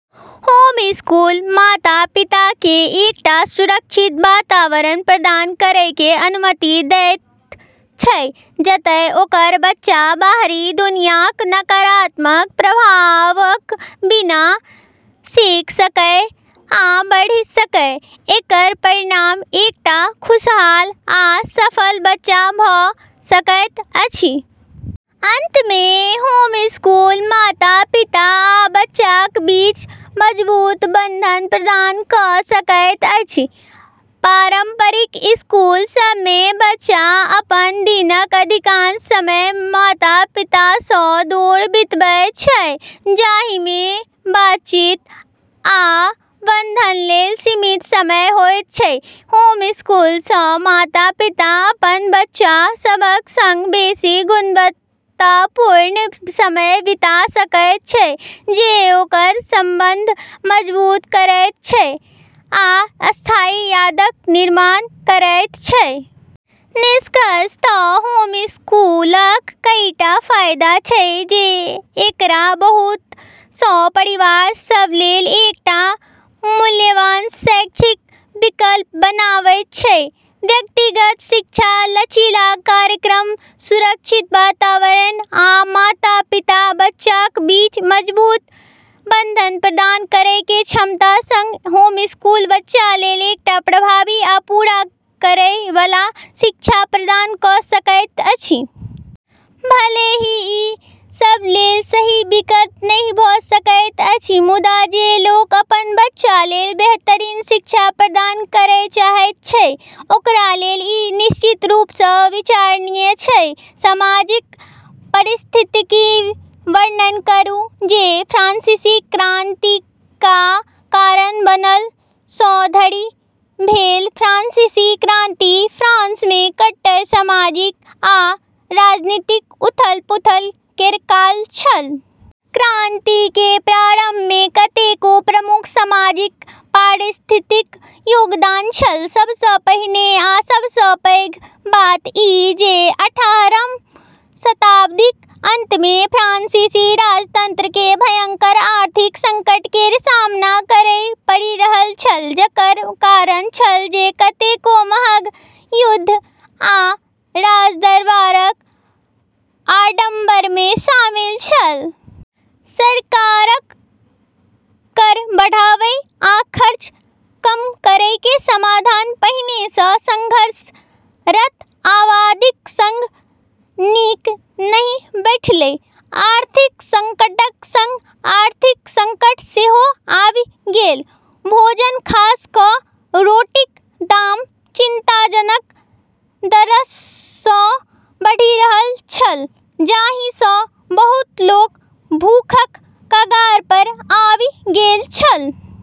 Homeschool माता-पिताकेँ एकटा सुरक्षित वातावरण प्रदान करैके अनुमति दैत छै जतए ओकर बच्चा बाहरी दुनियाक नकारात्मक प्रभावक बिना सीख सकै आ बढ़ि सकै। एकर परिणाम एकटा खुशहाल आ सफल बच्चा भऽ सकैत अछि। अंतमे, होमस्कूल माता-पिता आ बच्चाक बीच मजबूत बंधन प्रदान कऽ सकैत अछि। पारंपरिक स्कूल सभमे बच्चा अपन दिनक अधिकांश समय माता-पितासँ दूर बितबैत छै, जाहिमे बातचीत आ बंधनलेल सीमित समय होइत छै। होमस्कूलसँ माता-पिता अपन बच्चा सभक संग बेसि गुणवत्तापूर्ण समय बिता सकैत छै, जे ओकर संबंध मजबूत करैत छै आ स्थायी यादक निर्माण करैत छै। निष्कर्षतः होमस्कूलक कईटा फायदा छै जे एकरा बहुत सँ परिवार सभलेल एकटा मूल्यवान शैक्षिक विकल्प बनाबैत छै। व्यक्तिगत शिक्षा, लचीला कार्यक्रम, सुरक्षित वातावरण, आ माता-पिता-बच्चाक बीच मजबूत बंधन प्रदान करैकेँ क्षमताक संग, होमस्कूल बच्चालेल एकटा प्रभावी आ पूरा करै वाला शिक्षा प्रदान कऽ सकैत अछि। भले ही ई सभलेल सही विकल्प नहि भऽ सकैत अछि, मुदा जे लोक अपन बच्चालेल बेहतरीन शिक्षा प्रदान करै चाहैत छै, ओकरालेल ई निश्चित रूपसँ विचारणीय छै। सामाजिक परिस्थितिक वर्णन करू जे फ्रांसीसी क्रांतिका कारण बनल सँ धरि भेल फ्रांसीसी क्रांति फ्रांसमे कट्टर सामाजिक आ राजनीतिक उथल-पुथल केर काल छल। क्रांतिकेँ प्रारंभमे कतेको प्रमुख सामाजिक परिस्थितिक योगदान छल। सबसँ पहिने आ सबसँ पैघ बात ई जे अठारहम शताब्दीक अंतमे फ्रांसीसी राजतंत्रकेँ भयंकर आर्थिक संकट केर सामना करै पड़ि रहल छल, जकर कारण छल जे कतेको महग युद्ध आ राजदरबारक आडंबरमे शामिल छल। सरकारक कर बढ़ाबै आ खर्च कम करैकेँ समाधान पहिनेसँ संघर्षरत आबादीक संग नीक नहि बैठलै। आर्थिक संकटक संग आर्थिक संकट सेहो आबि गेल। भोजन खास कऽ रोटीक दाम चिंताजनक दरसँ बढ़ि रहल छल, जाहिसँ बहुत लोक भूखक कगारपर आबि गेल छल।